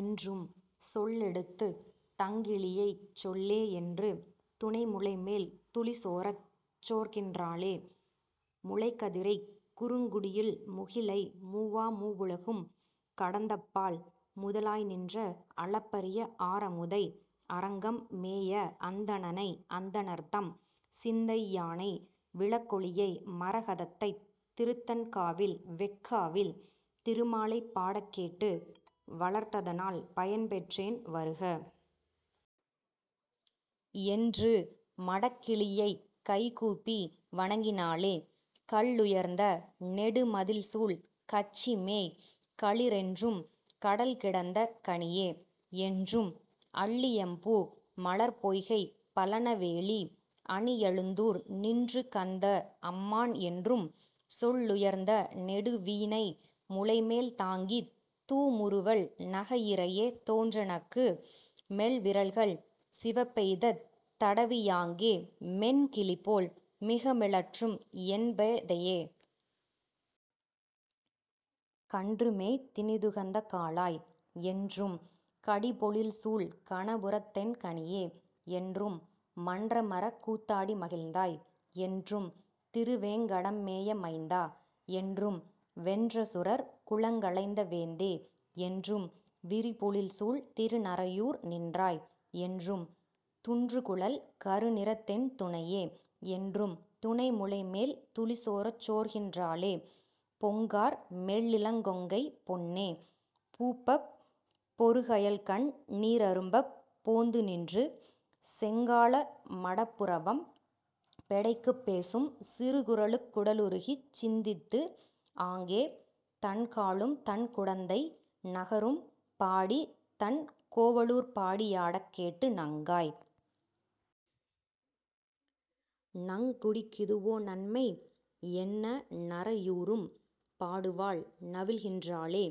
என்றும்,। சொல்லெடுத்துத் தங்கிளியைச் சொல்லே என்று துணைமுலைமேல் துளிசோரச் சோர்க்கின் றாளே. முளைக்கதிரைக் குறுங்குடியுள் முகிலை மூவா மூவுலகும் கடந்தப்பால் முதலாய் நின்ற, அளப்பரிய ஆரமுதை அரங்கம் மேய அந்தணனை அந்தணர்தம் சிந்தை யானை, விளக்கொளியை மரகதத்தைத் திருத்தண் காவில் வெஃகாவில் திருமாலைப் பாடக் கேட்டு வளர்த்ததனால் பயன்பெற்றேன் வருக. என்று மடக்கிளியைக் கைகூப்பி வங்கி னாளே. கல்லுயர்ந்த நெடுமதிள்சூழ் கச்சி மேய களிறென்றும் கடல்கிடந்த கனியே. என்றும், அல்லியம்பூ மலர்ப்பொய்கைப் பழன வேலி அணியழுந்தூர் நின்றுகந்த அம்மான் என்றும், சொல்லுயர்ந்த நெடுவீணை முலைமேல் தாங்கித் தூமுறுவல் நகையிறையே தோன்ற நக்கு, மெல்விரல்கள் சிவப்பெய்தத் தடவி யாங்கே மென்கிளிபோல் மிகமிழற்றும் என்பே தையே. கன்றுமேய்த் தினிதுகந்த காளாய். என்றும், கடிபொழில்சூழ் கணபுரத்தென் கனியே. என்றும், மன்றமரக் கூத்தாடி மகிழ்ந்தாய். என்றும், வடதிருவேங் கடம்மேய மைந்தா. என்றும், வென்றசுரர் குலங்களைந்த வேந்தே. என்றும், விரிபொழில்சூழ் திருநறையூர் நின்றாய். என்றும், துன்றுகுழல் கருநிறத்தென் துணையே என்றும் துணைமுலைமேல் துளிசோரச் சோர்க்கின் றாளே. பொங்கார்மெல் லிளங்கொங்கை பொன்னே பூப்பப் பொருகயல்கண் ணீரரும்பப் போந்து நின்று செங்கால மடப்புறவம் பெடைக்குப் பேசும் சிறுகுரலுக் குடலுருகிச் சிந்தித்து, ஆங்கே தண்காலும் தண்குடந்தை நகரும் பாடித் தண்கோவ லூர்ப்பாடி யாடக் கேட்டு, நங்காய். நங் குடிக்கிதுவோ நன்மை? என்ன நறையூரும் பாடுவாள் நவில்கின் றாளே.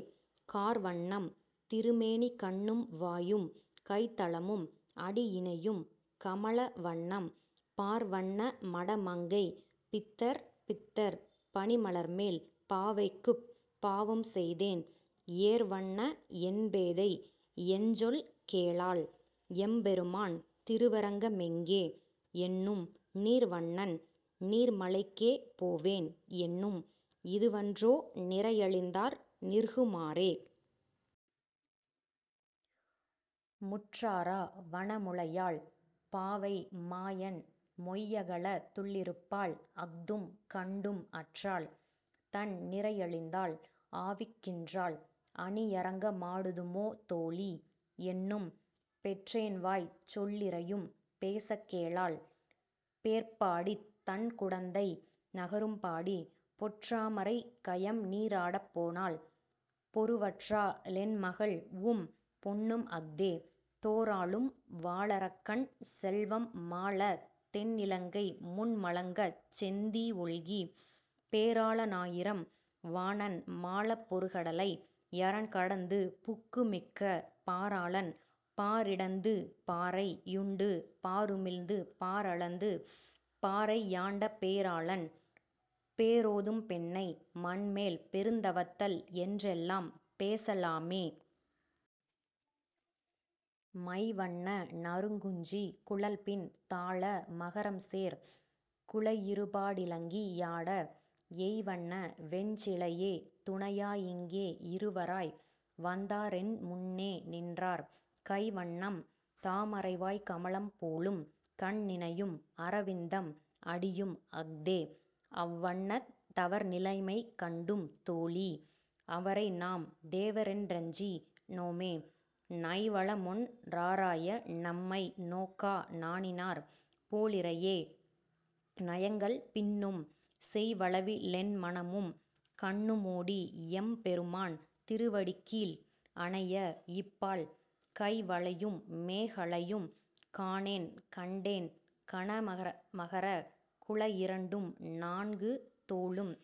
கார்வண்ணம் திருமேனி கண்ணும் வாயும் கைத்தலமும் அடியிணையும் கமல வண்ணம், பார்வண்ண மடமங்கை பித்தர் பித்தர் பனிமலர்மேல் பாவைக்குப் பாவம் செய்தேன், ஏர்வண்ண என்பேதை எஞ்சொல் கேளாள் எம்பெருமான் திருவரங்க மெங்கே? என்னும், நீர்வண்ணன் நீர்மலைக்கே போவேன் என்னும் இதுவன்றோ நிறையழிந்தார் நிற்கு மாறே? முற்றாரா வனமுலையாள் பாவை மாயன் மொய்யகலத் துள்ளிருப்பாள் அஃதும் கண்டும் அற்றாள், தன் நிறையழிந்தாள் ஆவிக் கின்றாள் அணியரங்க மாடுதுமோ தோழீ. என்னும், பெற்றேன்வாய்ச் சொல்லிறையும் பேசக் கேளாள் பேர்ப்பாடித் தண்குடந்தை நகரும் பாடி, பொற்றாம ரைக்கயம்நீ ராடப் போனாள் பொருவற்றா ளென்மகள்உம் பொன்னும் அஃதே. தோராளும் வாளரக்கன் செல்வம் மாளத் தென்னிலங்கை முன்மலங்கச் செந்தீ ஒல்கி, பேராள னாயிரம் வாணன் மாளப் பொருகடலை யரண்கடந்து புக்கு மிக்க பாராளன், பாரிடந்து பாரை யுண்டு பாருமிழ்ந்து பாரளந்து பாரை யாண்ட பேராளன், பேரோதும் பெண்ணை மண்மேல் பெருந்தவத்தள் என்றல்லால் பேச லாமே? மைவண்ண நறுங்குஞ்சி குழல்பின் தாழ மகரம்சேர் குழையிருபா டிலங்கி யாட, எய்வண்ண வெஞ்சிலையே துணையா இங்கே இருவராய் வந்தாரென் முன்னே நின்றார் கைவண்ணம் தாமரைவாய் கமலம் போலும் கண்ணிணையும் அரவிந்தம் அடியும் அஃதே, அவ்வண்ணத் தவர்நிலைமை கண்டும் தோழீ. அவரைநாம் தேவரென் றஞ்சி னோமே. நைவளமொன் றாராயா நம்மை நோக்கா நாணினார் போலிறையே நயங்கள் பின்னும், செய்வளவி லென்மனமும் கண்ணு மோடி எம்பெருமான் திருவடிக்கீழ் அணைய, இப்பால் கைவளையும் மேகலையும் காணேன் கண்டேன் கனமகரக் குழையிரண்டும் நான்கு தோளும்,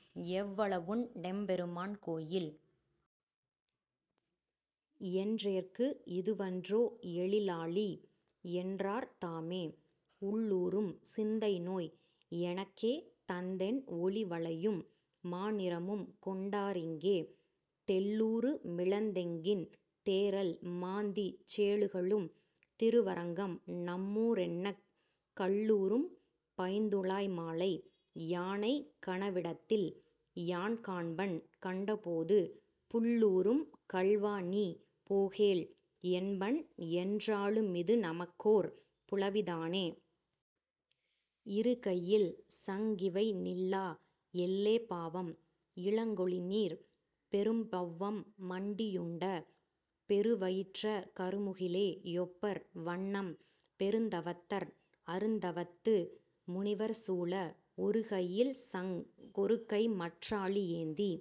எவ்வளவுண் டெம்பெருமான் கோயில்? என்றேற்கு இதுவன்றோ எழிலாலி? என்றார் தாமே. உள்ளூரும் சிந்தைநோய் எனக்கே தந்தென் ஒளிவளையும் மாநிறமும் கொண்டா ரிங்கே, தெள்ளூரு மிளந்தெங்கின் தேறல் மாந்திச் சேலுகளும் திருவரங்கம் நம்மூ ரென்னக் கள்ளூரும் பைந்துழாய் மாலை யானைக் கனவிடத்தில் யான்காண்பன் கண்ட போது, புள்ளூரும் கள்வாநீ போகேல், என்பன் என்றாலு மிதுநமக்கோர் புலவி தானே? இருகையில்சங் கிவைநில்லா எல்லே பாவம். இலங்கொலிநீர் பெரும்பௌவம் மண்டி யுண்ட, பெருவயிற்ற கருமுகிலே யொப்பர் வண்ணம் பெருந்தவத்தர் அருந்தவத்து முனிவர் சூழ ஒருகையில்சங் கொருகைமற் றாழி யேந்தி